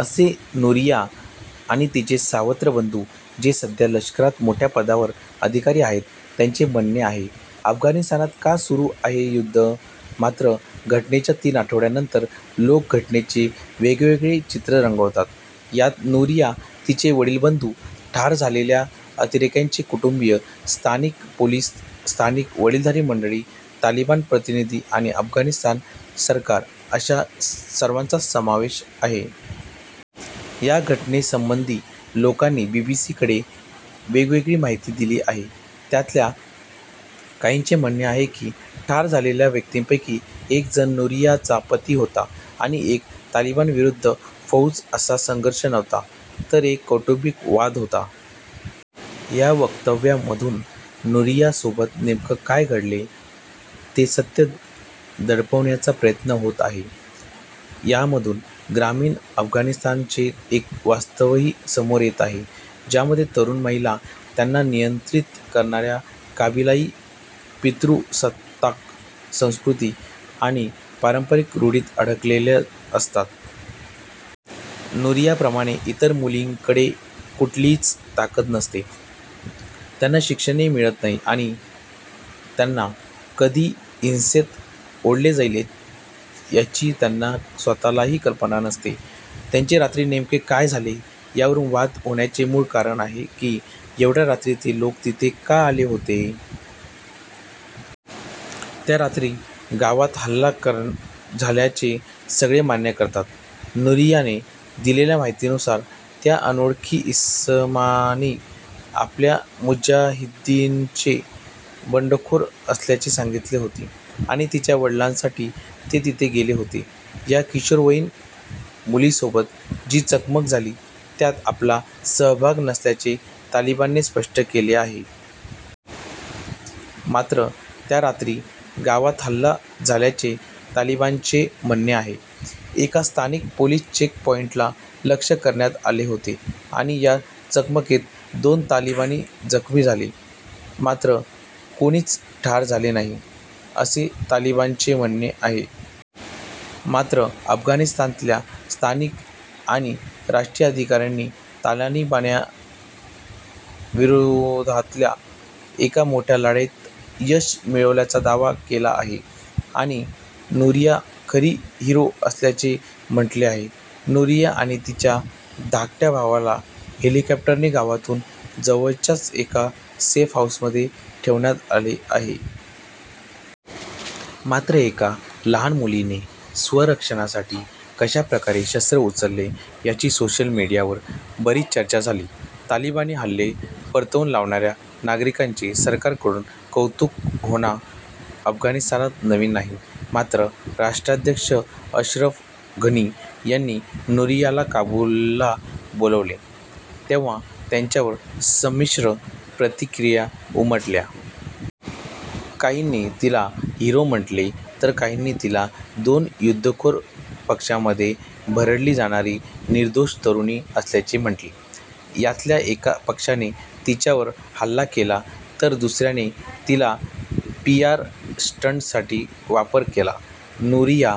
असे नूरिया आणि तिचे सावत्र बंधू, जे सध्या लष्करात मोठ्या पदावर अधिकारी आहेत, यांचे म्हणणे आहे. अफगाणिस्तानात का सुरू आहे युद्ध? मात्र, घटनेच्या तीन आठवड्यांनंतर लोक घटनेचे वेगवेगळे चित्र रंगवतात. यात नूरिया, तिचे वडीलबंधू, ठार झालेल्या अतिरेक्यांचे कुटुंबीय, स्थानिक पोलीस, स्थानिक वडीलधारी मंडळी, तालिबान प्रतिनिधी आणि अफगाणिस्तान सरकार अशा सर्वांचाच समावेश आहे. या घटनेसंबंधी लोकांनी बीबीसीकडे वेगवेगळी माहिती दिली आहे. त्यातल्या काहींचे म्हणणे आहे की, ठार झालेल्या व्यक्तींपैकी एक जण नूरियाचा पती होता आणि हा तालिबानविरुद्ध फौज असा संघर्ष नव्हता तर एक कौटुंबिक वाद होता. या वक्तव्यांमधून नूरियासोबत नेमके काय घडले, ते सत्य दडवण्याचा प्रयत्न होत आहे. यामधून ग्रामीण अफगाणिस्तानचे एक वास्तवही समोर येत आहे, ज्यामध्ये तरुण महिला त्यांना नियंत्रित करणाऱ्या कबिलाई-पितृसत्ताक संस्कृती आणि पारंपरिक रूढींत अडकलेल्या असतात. नूरियाप्रमाणे इतर मुलींकडे कुठलीच ताकद नसते. त्यांना शिक्षण मिळत नाही आणि यांना कधी हिंसेत ओढले जाईल, याची त्यांना स्वतःलाही कल्पना नसते. त्या रात्री नेमके काय झाले, यावरून वाद होण्याचे मूळ कारण आहे की, एवढ्या रात्री ते लोक तिथे का आले होते? त्या रात्री गावात हल्ला झाल्याचे सगळे मान्य करतात. नूरियाने दिलेल्या माहितीनुसार त्या अनोळखी इसमांनी आपण मुजाहिद्दीनचे बंडखोर असल्याचे सांगितले होते आणि तिच्या वडिलांसाठी ते तिथे गेले होते. या किशोरवयीन मुलीसोबत जी चकमक झाली त्यात आपला सहभाग नसल्याचे तालिबानने स्पष्ट केले आहे. मात्र, त्या रात्री गावात हल्ला झाल्याचे तालिबान्यांचेही म्हणणे आहे. एका स्थानिक पोलीस चेक पॉईंटला लक्ष्य करण्यात आले होते आणि या चकमकीत दोन तालिबानी जखमी झाले. मात्र, कोणीच ठार झाले नाही, असे तालिबानचे म्हणणे आहे. मात्र, अफगाणिस्तानातल्या स्थानिक आणि राष्ट्रीय अधिकाऱ्यांनी तालिबान्यांविरोधातल्या एका मोठ्या लढाईत यश मिळाल्याचा दावा केला आहे आणि नूरिया खरी 'हिरो' असल्याचे म्हटले आहे. नूरिया आणि तिच्या धाकट्या भावाला हेलिकॉप्टरने गावातून जवळच्याच एका सेफ हाऊसमध्ये ठेवण्यात आले आहे. मात्र, एका लहान मुलीने स्वसंरक्षणासाठी कशाप्रकारे शस्त्र उचलले, याची सोशल मीडियावर बरीच चर्चा झाली. तालिबानी हल्ले परतवून लावणाऱ्या नागरिकांचे सरकारकडून कौतुक होना अफगाणिस्तानात नवीन नाही. मात्र, राष्ट्राध्यक्ष अशरफ घनी यांनी नूरियाला काबूलला बोलावले, तेव्हा त्यावर संमिश्र प्रतिक्रिया उमटल्या. काहींनी तिला 'हिरो' म्हटले तर काहींनी तिला 'दोन युद्धखोर पक्षांमध्ये भरडली जाणारी निर्दोष तरुणी' असल्याचे म्हटले. यातल्या एका पक्षाने तिच्यावर हल्ला केला तर दुसऱ्याने तिचा पीआर स्टंटसाठी वापर केला. नूरिया